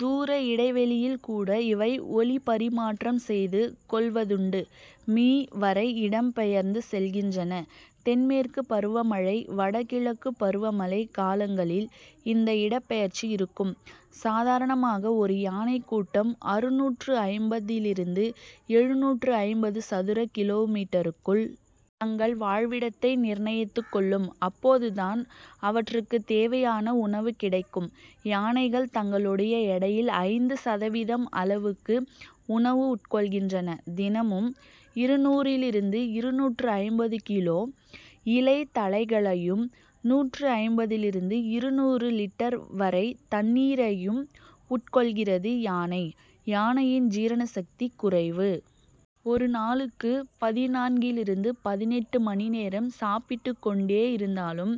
தூர இடைவெளியில் கூட இவை ஒலிப்பரிமாற்றம் செய்து கொள்வதுண்டு. மீ. வரை இடம் பெயர்ந்து செல்கின்றன. தென் மேற்குப் பருவமழை வட கிழக்குப் பருவமழைக் காலங்களில் இந்த இடப் பெயர்ச்சி இருக்கும். சாதாரணமாக ஒரு யானைக் கூட்டம் அறுநூற்று ஐம்பதிலிருந்து எழுநூற்று ஐம்பது சதுர கிலோமீட்டருக்குள். தங்கள் வாழ்விடத்தை நிர்ணயித்துக்கொள்ளும். அப்போதுதான் அவற்றுக்குத்தேவையான உணவு கிடைக்கும். யானைகள் தங்களுடைய எடையில் ஐந்து சதவீதம் அளவுக்கு உணவு உட்கொள்கின்றன. தினமும் இருநூறிலிருந்து இருநூற்று ஐம்பது கிலோ. இலை தழைகளையும் நூற்று ஐம்பதிலிருந்து இருநூறு லிட்டர்.வரை தண்ணீரையும் உட்கொள்கிறது யானை. யானையின் ஜீரண சக்தி குறைவு. ஒரு நாளுக்கு பதினான்கிலிருந்து பதினெட்டு மணி நேரம். சாப்பிட்டுக்கொண்டே இருந்தாலும்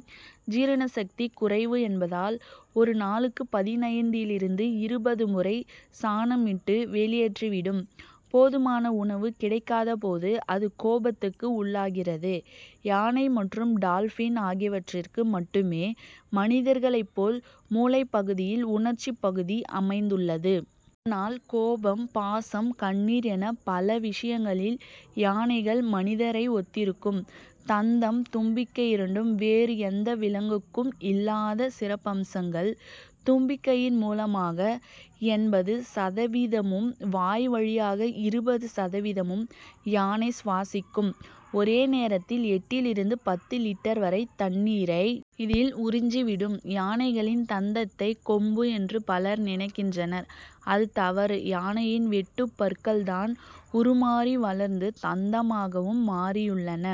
ஜீரண சக்தி குறைவு என்பதால் ஒரு நாளுக்கு பதினைந்திலிருந்து இருபது முறை சாணமிட்டு. வெளியேற்றிவிடும். போதுமான உணவு கிடைக்காத போது அது கோபத்துக்கு உள்ளாகிறது. யானை மற்றும் டால்பின் ஆகியவற்றுக்கு மட்டுமே மனிதர்களைப் போல மூளைப்பகுதியில் உணர்ச்சிப் பகுதி அமைந்துள்ளது. இதனால் கோபம், பாசம், கண்ணீர் என பல விஷயங்களில் யானைகள் மனிதரை ஒத்திருக்கும். தந்தம் தும்பிக்கை இரண்டும் வேறு எந்த விலங்குக்கும் இல்லாத சிறப்பம்சங்கள் தும்பிக்கையின் மூலமாக எண்பது சதவீதமும், வாய் வழியாக இருபது சதவீதமும். யானை சுவாசிக்கும். ஒரே நேரத்தில் எட்டிலிருந்து பத்து லிட்டர் வரை தண்ணீரை. இதில் உறிஞ்சி விடும். யானைகளின் தந்தத்தை கொம்பு என்று பலர் நினைக்கின்றனர் அது தவறு. யானையின் வெட்டுப் பற்கள்தான் உருமாறி வளர்ந்து தந்தமாக மாறியுள்ளன.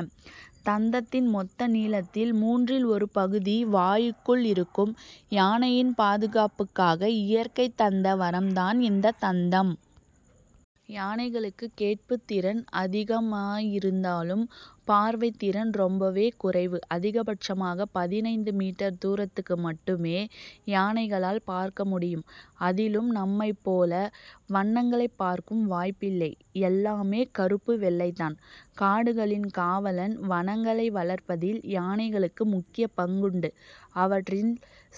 தந்தத்தின் மொத்த நீளத்தில் மூன்றில் ஒரு பகுதி வாய்க்குள் இருக்கும். யானையின் பாதுகாப்புக்காக இயற்கை தந்த வரம்தான் இந்த தந்தம். யானைகளுக்கு கேட்புத் திறன் அதிகமிருந்தாலும் பார்வைத்திறன் ரொம்பவே குறைவு. அதிகபட்சமாக பதினைந்து மீட்டர் தூரத்துக்கு. மட்டுமே யானைகளால் பார்க்க முடியும். அதிலும் நம்மைப் போல வண்ணங்களைப் பார்க்கும் வாய்ப்பில்லை. எல்லாமே கறுப்பு வெள்ளைதான். காடுகளின் காவலன் வனங்களை வளர்ப்பதில் யானைகளுக்கு முக்கியப் பங்குண்டு. அவற்றின்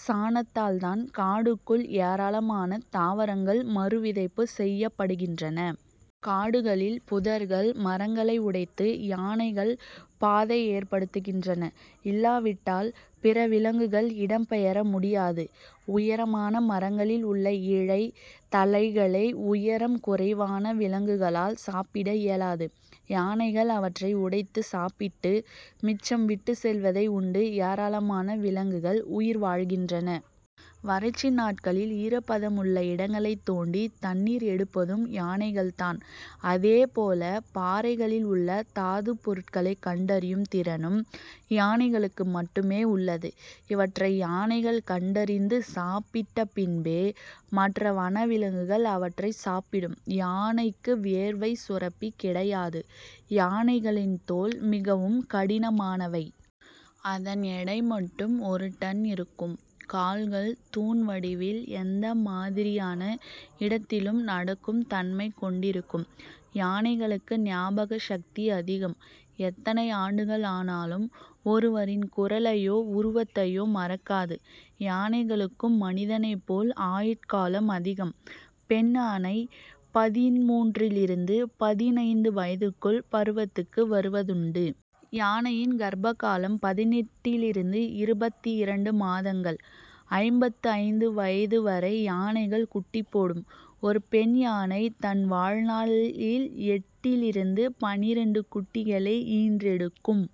சாணத்தால்தான் காடுகளுக்குள் ஏராளமான தாவரங்கள் மறு விதைப்பு செய்யப்படுகின்றன. காடுகளில் புதர்கள் மரங்களை உடைத்து யானைகள் பாதை ஏற்படுத்துகின்றன. இல்லாவிட்டால் பிற விலங்குகள் இடம் பெயர முடியாது. உயரமான மரங்களில் உள்ள இலை தழைகளை உயரம் குறைவான விலங்குகளால் சாப்பிட இயலாது. யானைகள் அவற்றை உடைத்துச் சாப்பிட்டு மிச்சம் விட்டுச் செல்வதை உண்டு ஏராளமான விலங்குகள் உயிர் வாழ்கின்றன. வறட்சி நாட்களில் ஈரப்பதமுள்ள இடங்களைத் தோண்டி தண்ணீர் எடுப்பதும் யானைகள்தான். அதேபோல பாறைகளில் உள்ள தாதுப் பொருட்களை கண்டறியும் திறனும் யானைகளுக்கு மட்டுமே உள்ளது. இவற்றை யானைகள் கண்டறிந்து, சாப்பிட்ட பின்பே, மற்ற வன விலங்குகள் அவற்றைச் சாப்பிடும். யானைக்கு வியர்வைச் சுரப்பி கிடையாது. யானைகளின் தோல் மிகவும் கடினமானவை. அதன் எடை மட்டும் ஒரு டன் இருக்கும். கால்கள் தூண் வடிவில் எந்த மாதிரியான இடத்திலும் நடக்கும் தன்மை கொண்டிருக்கும். யானைகளுக்கு ஞாபக சக்தி அதிகம். எத்தனை ஆண்டுகள் ஆனாலும் ஒருவரின் குரலையோ, உருவத்தையோ மறக்காது. யானைகளுக்கும் மனிதனைப்போல் ஆயுட்காலம் அதிகம். பெண் யானை பதின்மூன்றிலிருந்து பதினைந்து வயதுக்குள் பருவத்துக்கு வருவதுண்டு. யானையின் கர்ப்ப காலம் பதினெட்டிலிருந்து இருபத்தி இரண்டு மாதங்கள். ஐம்பத்து ஐந்து வயது வரை. யானைகள் குட்டி போடும். ஒரு பெண் யானை தன் வாழ் நாளில்எட்டிலிருந்து பன்னிரண்டு குட்டிகளை ஈன்றெடுக்கும்.